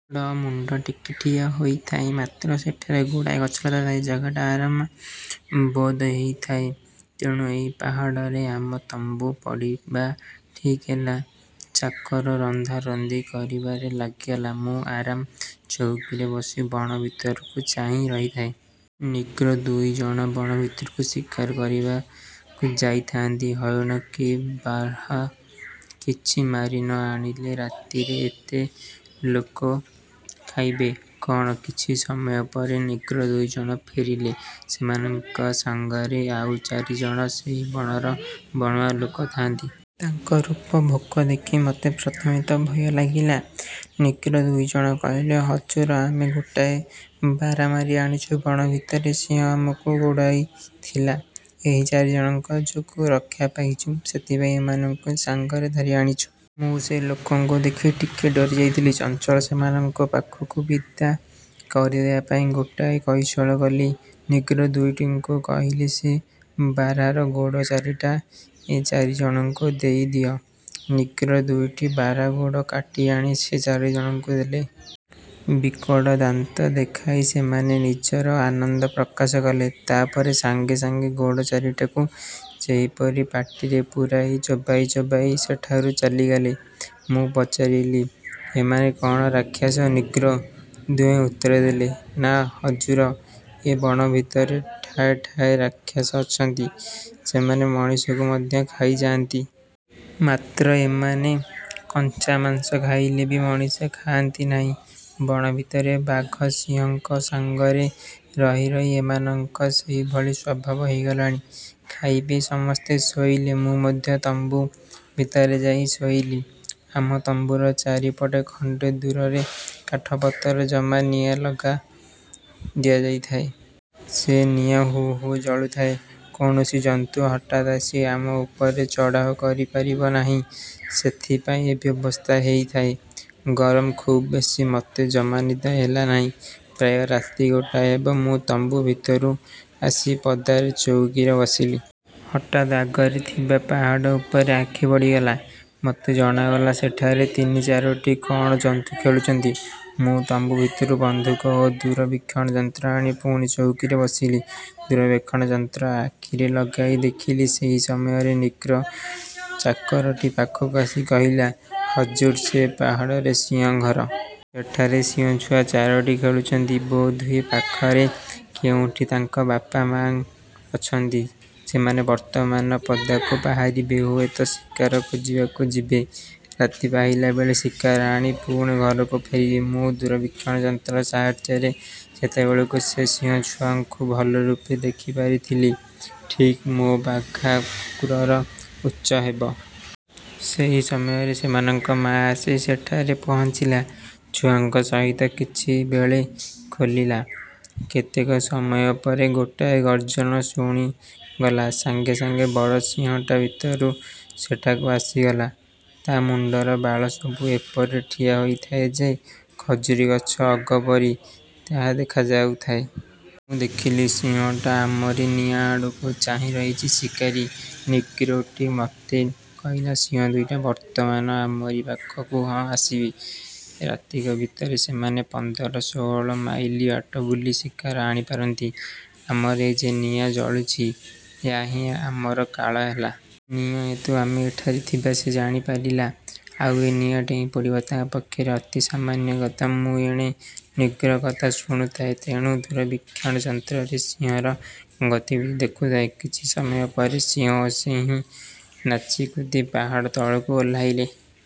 ଡ଼ ମୁଣ୍ଡ ଟେକି ଠିଆ ହୋଇଥାଏ; ମାତ୍ର ସେଠାରେ ଗୁଡ଼ାଏ ଗଛଲତା ଥାଏ, ଜାଗାଟା ଅରମା ବୋଧ ହେଉଥାଏ। ତେଣୁ ଏହି ପାହାଡ଼ରେ ଆମ ତମ୍ବୁ ପଡ଼ିବା ଠିକ୍ ହେଲା। ଚାକର ରନ୍ଧାରନ୍ଧି କରିବାରେ ଲାଗିଗଲା। ମୁଁ ଆରାମ ଚଉକିରେ ବସି ବଣ ଭିତରକୁ ଚାହିଁ ରହିଥାଏ। ନିଗ୍ରୋ ଦୁଇ ଜଣ ବଣ ଭିତରକୁ ଶିକାର କରିବାକୁ ଯାଇଥାନ୍ତି। ହରିଣ କି ବାର୍ହା କିଛି ମାରି ନ ଆଣିଲେ ରାତିରେ ଏତେ ଲୋକ ଖାଇବେ କଅଣ? କିଛି ସମୟ ପରେ ନିଗ୍ରୋ ଦୁଇ ଜଣ ଫେରିଲେ। ସେମାନଙ୍କ ସାଙ୍ଗରେ ଆଉ ଚାରି ଜଣ ସେହି ବଣର ବଣୁଆ ଲୋକ ଥାଆନ୍ତି। ତାଙ୍କ ରୂପ ଭେକ ଦେଖି ମୋତେ ପ୍ରଥମେ ତ ଭୟ ଲାଗିଲା। ନିଗ୍ରୋ ଦୁଇ ଜଣ କହିଲେ, "ହଜୁର, ଆମେ ଗୋଟାଏ ବାର୍ହା ମାରି ଆଣିଛୁ। ବଣ ଭିତରେ ସିଂହ ଆମକୁ ଗୋଡ଼ାଇ ଥିଲା। ଏହି ଚାରିଜଣଙ୍କ ଯୋଗୁଁ ରକ୍ଷା ପାଇଯାଇଛୁ। ସେଇଥିପାଇଁ ଏମାନଙ୍କୁ ସାଙ୍ଗରେ ଧରି ଆଣିଛୁ। ମୁଁ ସେ ଲୋକଙ୍କୁ ଦେଖି ଟିକିଏ ଡରି ଯାଇଥିଲି। ଚଞ୍ଚଳ ସେମାନଙ୍କୁ ପାଖରୁ ବିଦା କରିଦେବା ପାଇଁ ଗୋଟାଏ କୌଶଳ କଲି। ନିଗ୍ରୋ ଦୁଇଟିଙ୍କୁ କହିଲି, ''ସେ ବାର୍ହାର ଗୋଡ଼ ଚାରିଟା ଏ ଚାରିଜଣଙ୍କୁ ଦେଇଦିଅ। '' ନିଗ୍ରୋ ଦୁଇଟି ବାର୍ହାର ଗୋଡ଼ କାଟିଆଣି ସେ ଚାରିଜଣଙ୍କୁ ଦେଲେ। ବିକଟ ଦାନ୍ତ ଦେଖାଇ ସେମାନେ ନିଜର ଆନନ୍ଦ ପ୍ରକାଶ କଲେ। ତା'ପରେ ସାଙ୍ଗେ ସାଙ୍ଗେ ଗୋଡ଼ ଚାରିଟାକୁ ସେହିପରି ପାଟିରେ ପୂରାଇ ଚୋବାଇ ଚୋବାଇ ସେଠାରୁ ଚାଲିଗଲେ। ମୁଁ ପଚାରିଲି-ଏମାନେ କ'ଣ ରାକ୍ଷସ? ନିଗ୍ରୋ। ଦୁହେଁ ଉତ୍ତର ଦେଲେ-''ନାଁ ହଜୁର, ଏ ବଣ ଭିତରେ ଠାଏଠାଏ ରାକ୍ଷସ ଅଛନ୍ତି; ସେମାନେ ମଣିଷକୁ ମଧ୍ୟ ଖାଇଯାଆନ୍ତି। ମାତ୍ର ଏମାନେ କଞ୍ଚା ମାଂସ ଖାଇଲେ ବି ମଣିଷ ଖାଆନ୍ତି ନାହିଁ। ବଣ ଭିତରେ ବାଘ ସିଂହଙ୍କ ସାଙ୍ଗରେ ରହି ରହି ଏମାନଙ୍କର ସେହିଭଳି ସ୍ୱଭାବ ହୋଇଗଲାଣି। '' ଖାଇପିଇ ସମସ୍ତେ ଶୋଇଲେ। ମୁଁ ମଧ୍ୟ ତମ୍ବୁ ଭିତରେ ଯାଇ ଶୋଇଲି। ଆମ ତମ୍ବୁର ଚାରିପଟେ ଖଣ୍ଡେ ଦୂରରେ କାଠ ପତର ଜମାଇ ନିଆଁ ଲଗାଇ ଦିଆଯାଇଥାଏ। ସେ ନିଆଁ ହୁ ହୁ ଜଳୁଥାଏ। କୌଣସି ଜନ୍ତୁ ହଠାତ୍ ଆସି ଆମ ଉପରେ ଚଢ଼ାଉ କରିପାରିବ ନାହିଁ-ସେଇଥିପାଇଁ ଏ ବ୍ୟବସ୍ଥା ହୋଇଥାଏ। ଗରମ ଖୁବ ବେଶି; ମୋତେ ଜମା ନିଦ ହେଲା ନାହିଁ। ପ୍ରାୟ ରାତି ଗୋଟାଏ ହେବ, ମୁଁ ତମ୍ବୁ ଭିତରୁ ଆସି ପଦାରେ ଚଉକିରେ ବସିଲି। ହଠାତ୍ ଆଗରେ ଥିବା ପାହାଡ଼ ଉପରେ ଆଖି ପଡ଼ିଗଲା। ମୋତେ ଜଣାଗଲା, ସେଠାରେ ତିନି ଚାରୋଟି କ'ଣ ଜନ୍ତୁ ଖେଳୁଛନ୍ତି। ମୁଁ ତମ୍ବୁ ଭିତରୁ ବନ୍ଧୁକ ଓ ଦୂରବୀକ୍ଷଣ ଯନ୍ତ୍ର ଆଣି ପୁଣି ଚଉକିରେ ବସିଲି। ଦୂରବୀକ୍ଷଣ ଯନ୍ତ୍ର ଆଖିରେ ଲଗାଇ ଦେଖିଲି। ସେହି ସମୟରେ ନିଗ୍ରୋ ଚାକରଟି ପାଖକୁ ଆସି କହିଲା, "ହଜୁର, ସେ ପାହାଡ଼ରେ ସିଂହ ଘର। ସେଠାରେ ସିଂହଛୁଆ ଚାରୋଟି ଖେଳୁଛନ୍ତି। ବୋଧହୁଏ ପାଖରେ କେଉଁଠି ତାଙ୍କ ବାପ ମା' ଅଛନ୍ତି। ସେମାନେ ବର୍ତ୍ତମାନ ପଦାକୁ ବାହାରିବେ; ହୁଏତ ଶିକାର ଖୋଜିବାକୁ ଯିବେ। ରାତି ପାହିଲାବେଳକୁ ଶିକାର ଆଣି ପୁଣି ଘରକୁ ଫେରିବେ। ମୁଁ ଦୂରବୀକ୍ଷଣ ଯନ୍ତ୍ର ସାହାଯ୍ୟରେ ସେତେବେଳକୁ ସେ ସିଂହଛୁଆଙ୍କୁ ଭଲରୂପେ ଦେଖିପାରିଥିଲି-ଠିକ ମୋ ବାଘା କୁକୁରର ଉଚ୍ଚ ହେବେ। ସେହି ସମୟରେ ସେମାନଙ୍କ ମା' ଆସି ସେଠାରେ ପହଞ୍ଚିଲା। ଛୁଆଙ୍କ ସହିତ କିଛି ବେଳ ଖେଳିଲା। କେତେକ ସମୟ ପରେ ଗୋଟାଏ ଗର୍ଜନ ଶୁଣାଗଲା। ସାଙ୍ଗେ ସାଙ୍ଗେ ବଡ଼ ସିଂହଟାଏ ଭିତରୁ ସେଠାକୁ ଆସିଗଲା। ତା' ମୁଣ୍ଡର ବାଳସବୁ ଏପରି ଠିଆ ହୋଇଥାଏ ଯେ, ଖଜୁରୀ ଗଛ ଅଗ ପରି ତାହା ଦେଖା ଯାଉଥାଏ। ମୁଁ ଦେଖିଲି, ସିଂହଟା ଆମରି ନିଆଁ ଆଡ଼କୁ ଚାହିଁରହିଛି। ଶିକାରୀ ନିଗ୍ରୋଟି ମୋତେ କହିଲା, ''ସିଂହ ଦୁଇଟା ବର୍ତ୍ତମାନ ଆମରି ପାଖକୁ ହିଁ ଆସିବେ। ରାତିକ ଭିତରେ ସେମାନେ ପନ୍ଦର ଷୋଳ ମାଇଲ ବାଟ ବୁଲି ଶିକାର ଆଣିପାରନ୍ତି। ଆମର ଏ ଯେ ନିଆଁ ଜଳୁଛି, ଏହା ହିଁ ଆମର କାଳ ହେଲା। ନିଆଁ ହେତୁ ଆମେ ଏଠାରେ ଥିବାର ସେ ଜାଣିପାରିଲା। ଆଉ, ଏ ନିଆଁ ଡେଇଁପଡ଼ିବା ତା' ପକ୍ଷରେ ଅତି ସାମାନ୍ୟ କଥା। ମୁଁ ଏଣେ ନିଗ୍ରୋ କଥା ଶୁଣୁଥାଏଁ, ତେଣେ ଦୂରବୀକ୍ଷଣ ଯନ୍ତ୍ରରେ ସିଂହର ଗତିବିଧି ଦେଖୁଥାଏ। କିଛି ସମୟ ପରେ ସିଂହ ଓ ସିଂହୀ ନାଚିକୁଦି ପାହାଡ଼ ତଳକୁ ଓହ୍ଲାଇଲେ।